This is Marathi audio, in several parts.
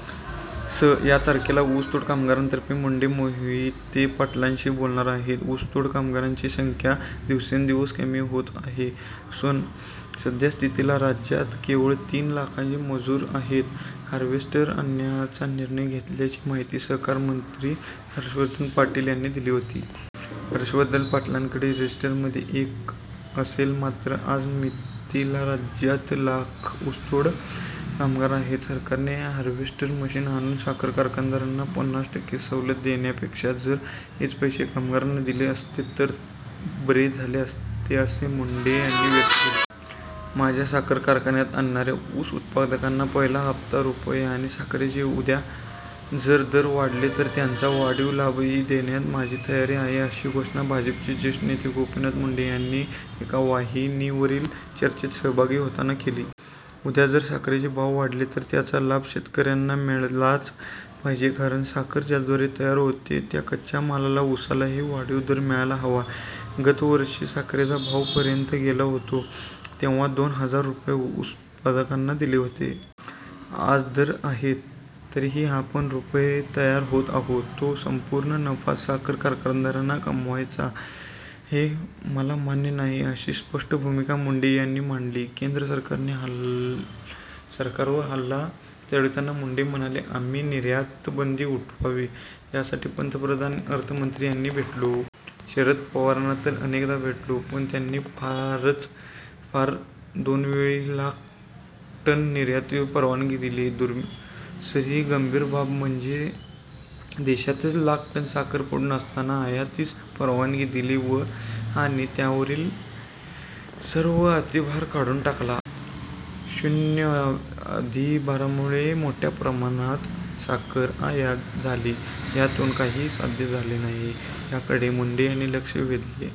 स. तारखेला ऊसतोड कामगारांतर्फे मुंडे मोहिते-पाटलांशी बोलणार आहेत. ऊसतोड कामगाराची संख्या दिवसेन्दिवस कमी कमी होत असून साध्या स्थितीला राज्यात केवळ तीन लाखच मजूर आहेत. हार्वेस्टर आणण्याचा निर्णय घेतल्याची माहिती सहकार मंत्री हर्षवर्धन पाटील यांनी दिली होती. हर्षवर्धन पाटलांकडील रजिस्टरमध्ये तो एक असेल मात्र आज मितीला राज्यात लाख ऊसतोड कामगार आहेत. सरकारने हार्वेस्टर मशीन आणून साखर कारखानदारांना पन्नास टक्के सवलत देण्यापेक्षा जर हेच पैसे कामगारांना दिले असते, तर बरे झाले असते असे मत मुंडेंनी व्यक्त केले. माझ्या साखर कारखान्यात आणणाऱ्या ऊस उत्पादकांना पहिला हप्ता रुपये आणि साखरेचे उद्या जर दर वाढले तर त्याचा वाढीव लाभही देण्याची माझी तयारी आहे अशी घोषणा भाजपचे ज्येष्ठ नेते गोपीनाथ मुंडे यांनी एका वाहिनीवरील चर्चेत सहभागी होताना केली. उद्या जर साखरेचे भाव वाढले तर त्याचा लाभ शेतकऱ्यांना मिळालाच पाहिजे कारण साखर ज्याद्वारे तयार होते, त्या कच्च्या मालाला-उसालाही वाढीव दर मिळायला हवा. गतवर्षी साखरेचे भाव पर्यंत गेले होते. तेव्हा दोन हजार रुपये ऊस उत्पादकांना दिले होते. आज दर आहेत. तरीही आपण रुपये देण्यास तयार आहोत. तो सम्पूर्ण नफा साखर कारखानदारांनी कमवायचा हे मला मान्य नाही अशी स्पष्ट भूमिका मुंडे यांनी मांडली. केंद्र सरकारवर हल्ला चढविताना मुंडे म्हणाले, आम्ही निर्यातबंदी उठवावी यासाठी पन्तप्रधान, अर्थमंत्री यांनी भेटलो. शरद पवारांना तर अनेकदा भेटलो. पण, त्यांनी फारच फार दोनवेळी - लाख टन निर्यातीस परवानगी दिली. दुसरी गंभीर बाब म्हणजे देशातच लाख टन साखर पडून असताना आयातीस परवानगी दिली आणि त्यावरील सर्व अधिभार काढून टाकला. शून्य अधिभारामुळे मोठ्या प्रमाणावर साखर आयात झाली. यातून काहीही साध्य झाले नाही याकडे मुंडे यांनी लक्ष वेधले.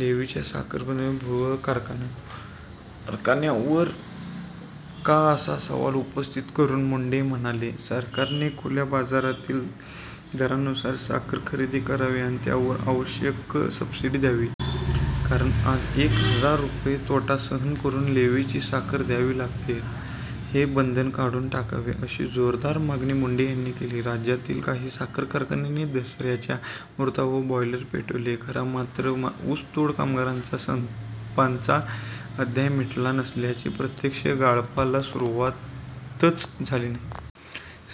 लेव्हीच्या साखरेचा भुर्दण्ड कारखान्यावर का, असा सवाल उपस्थित करून मुंडे म्हणाले, सरकारने खुल्या बाजारातील दरानुसार साखर खरेदी करावी आणि त्यावर आवश्यक सबसिडी द्यावी. कारण आज एक हजार रुपये तोटा सहन करून लेव्हीची साखर द्यावी लागते. हे बंधन काढून टाकावे, अशी जोरदार मागणी मुंडे यांनी केली.। राज्यातील काही साखर कारखान्यांनी दसऱ्याच्या मुहूर्तावर बॉयलर पेटवला खरा मात्र ऊसतोड कामगाराचा सम्पाचा अध्याय मिटला नसल्याने प्रत्यक्ष गाळपाला सुरुवातच झाली नाही.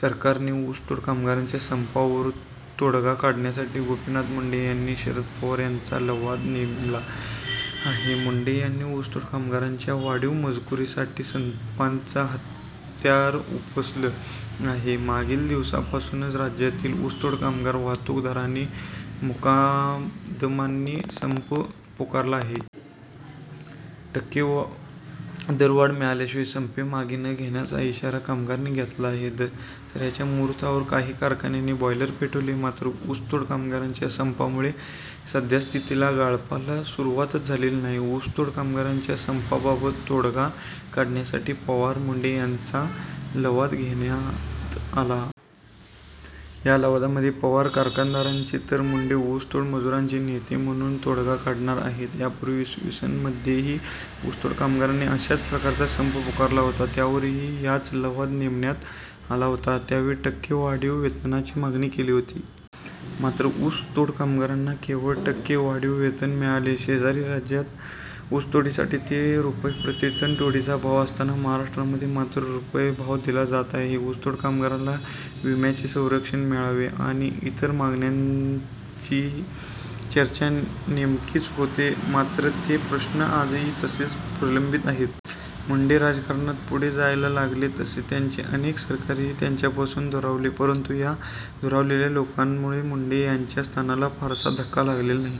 सरकारने ऊसतोड कामगाराच्या संपावर तोडगा काढण्यासाठी गोपीनाथ मुंडे आणि शरद पवार यांचा लवाद नेमला आहे. मुंडे यांनी ऊसतोड कामगारांच्या वाढीव मजुरीसाठी सम्पाचं हत्यार उपसलं आहे. मागील दिवसांपासून राज्यातील ऊसतोड कामगार, वाहतूकदार आणि मुकादमांनी सम्प पुकारला आहे. टक्के दरवाढ मिळाल्याशिवाय सम्प मागे न घेण्याचा इशारा कामगारांनी घेतला आहे. दसऱ्याच्या मुहूर्तावर काही कारखान्यांनी बॉयलर पेटवले, मात्र ऊसतोड कामगारांच्या सम्पामुळे सद्यास्थितीला गाळपाला सुरुवातच झालेली नाही. ऊसतोड कामगारांच्या सम्पाबाबत तोडगा काढण्यासाठी पवार-मुंडे यांचा लवाद नेमण्यात आला. या लवादामध्ये पवार कारखानदारांचे तर मुंडे ऊसतोड मजुरांचे नेते म्हणून तोडगा काढणार आहेत. यापूर्वी इ. स. मध्येही ऊसतोड कामगारांनी अशाच प्रकारचा सम्प पुकारला होता. त्यावरही हाच लवाद नेमण्यात आला होता. त्यावेळी टक्के वाढीव वेतनाची मागणी केली होती. मात्र ऊसतोड कामगारांना केवळ टक्के वाढीव वेतन मिळाले. शेजारी राज्यात ऊसतोडीसाठी ते रुपये प्रतिटन तोडीचा भाव असताना महाराष्ट्रामध्ये मात्र रुपये भाव दिला जात आहे. ऊसतोड कामगाराला विम्याचे संरक्षण मिळावे आणि इतर मागण्यांची चर्चा नेहमीच होते मात्र ते प्रश्न आजही तसेच प्रलम्बित आहे. मुंडे राजकारणात पुढे जायला लागले तसे त्यांचे अनेक सहकारी त्यांच्यापासून दुरावले परंतु या दुरावलेल्या लोकांमुळे मुंडे यांच्या स्थानाला फारसा धक्का लागलेला नाही.